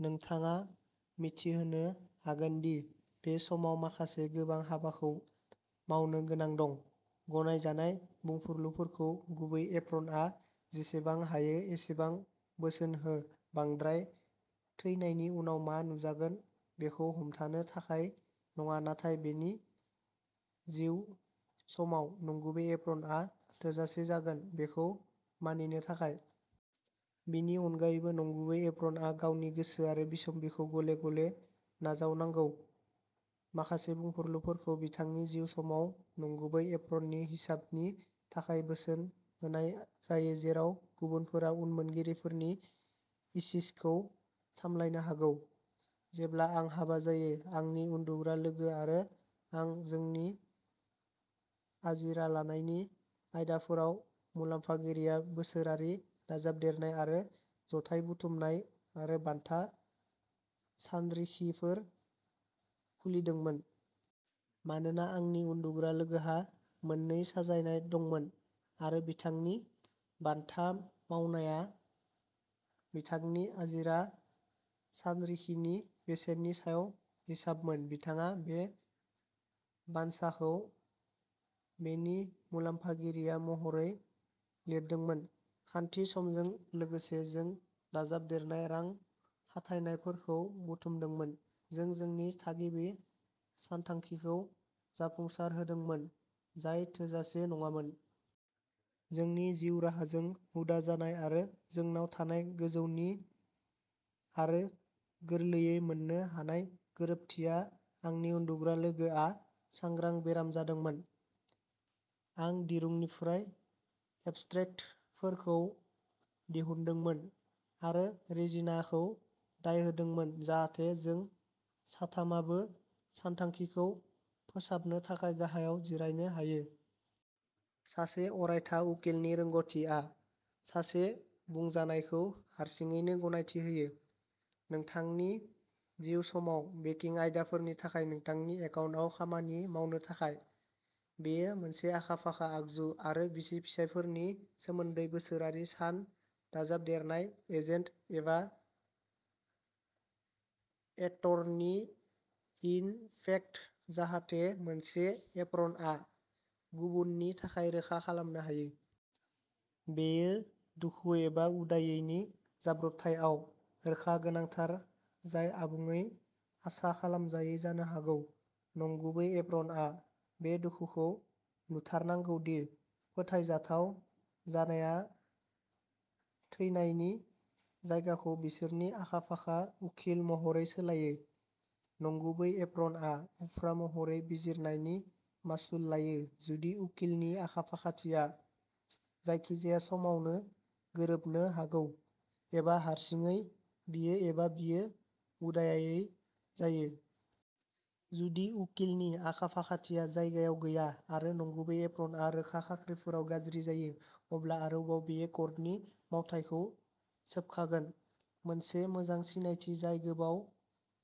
नोंथाङा मिथिहोनो हागोन दि बे समाव माखासे गोनां हाबाखौ मावनो गोनां दं। गनायजानाय बुंफुरलुफोरखौ गुबै एप्रनआ जेसेबां हायो एसेबां बोसोन हो बांद्राय थैनायनि उनाव मा नुजागोन बेखौ हमथानो थाखाय नङा नाथाय बिनि जिउ समाव नंगुबै एप्रनआ थोजासे जागोन बेखौ मानिनो थाखाय। बेनि अनगायैबो नंगुबै एप्रनआ गावनि गोसो आरो बिसम्बिखौ गले-गले नाजावनांगौ। माखासे बुंफुरलुफोरखौ बिथांनि जिउ समाव नंगुबै एप्रननि हिसाबनि थाखाय बोसोन होनाय जायो जेराव गुबुनफोरा उनमोनगिरिफोरनि इसिसखौ सामलायनो हागौ। जेब्ला आं हाबा जायो आंनि उन्दुग्रा लोगो आरो आं जोंनि आजिरा लानायनि आयदाफोराव मुलाम्फागिरिया बोसोरारि दाजाबदेरनाय आरो जथाय बुथुमनाय आरो बानथा सानरिखिफोर खुलिदोंमोन। मानोना आंनि उन्दुग्रा लोगोहा मोननै साजायनाय दंमोन आरो बिथांनि बानथा मावनाया बिथांनि आजिरा सानरिखिनि बेसेननि सायाव हिसाबमोन बिथाङा बे बानसाखौ बेनि मुलाम्फागिरिया महरै लिरदोंमोन। खान्थि समजों लोगोसे जों दाजाबदेरनाय रां खाथायनायफोरखौ बुथुमदोंमोन जों जोंनि थागिबि सानथांखिखौ जाफुंसारहोदोंमोन जाय थोजासे नङामोन। जोंनि जिउ राहाजों हुदा जानाय आरो जोंनाव थानाय गोजौनि आरो गोरलैयै मोननो हानाय गोरोबथिया आंनि उन्दुग्रा लोगोआ सांग्रां बेराम जादोंमोन आं दिरुंनिफ्राय एबस्ट्रेक्टफोरखौ दिहुनदोंमोन आरो रेजिनाखौ दाय होदोंमोन जाहाथे जों साथामाबो सानथांखिखौ फोसाबनो थाखाय गाहायाव जिरायनो हायो। सासे अरायथा उकिलनि रोंग'थिआ सासे बुंजानायखौ हारसिङैनो गनायथि होयो। नोंथांनि जिउ समाव बेंकिं आयदाफोरनि थाखाय नोंथांनि एकाउन्टआव खामानि मावनो थाखाय। बेयो मोनसे आखा-फाखा आगजु आरो बिसि-फिसायफोरनि सोमोन्दै बोसोरारि सान दाजाबदेरनाय "एजेन्ट" एबा "एटर्नि-इन-फेक्ट" जाहाथे मोनसे एप्रनआ गुबुननि थाखाय रोखा खालामनो हायो। बेयो दुखु एबा उदायैनि जाब्रबथायआव रोखा गोनांथार जाय आबुङै आसा खालामजायै जानो हागौ। नंगुबै एप्रनआ बे दुखुखौ लुथारनांगौ दि फोथायजाथाव जानाया थैनायनि जायगाखौ बिसोरनि आखा-फाखा उखिल महरै सोलायो। नंगुबै एप्रनआ उफ्रा महरै बिजिरनायनि मासुल लायो जुदि उकिलनि आखा-फाखाथिया जायखिजाया समावनो गोरोबनो हागौ एबा हारसिङै बियो एबा बियो उदायै जायो। जुदि उकिलनि आखा-फाखाथिया जायगायाव गैया आरो नंगुबै एप्रनआ रोखा खाख्रिफोराव गाज्रि जायो अब्ला आरोबाव बेयो कर्टनि मावथायखौ सोबखागोन, मोनसे मोजां सिनायथि जाय गोबाव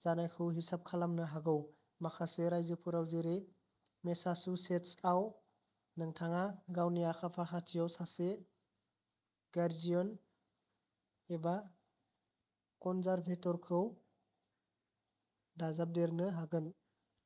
जानायखौ हिसाब खालामनो हागौ। माखासे रायजोफोराव जेरै मेसाचुसेट्सआव नोंथाङा गावनि आखा-फाखाथियाव सासे गार्जियन एबा कनजारभेटरखौ दाजाबदेरनो हागोन।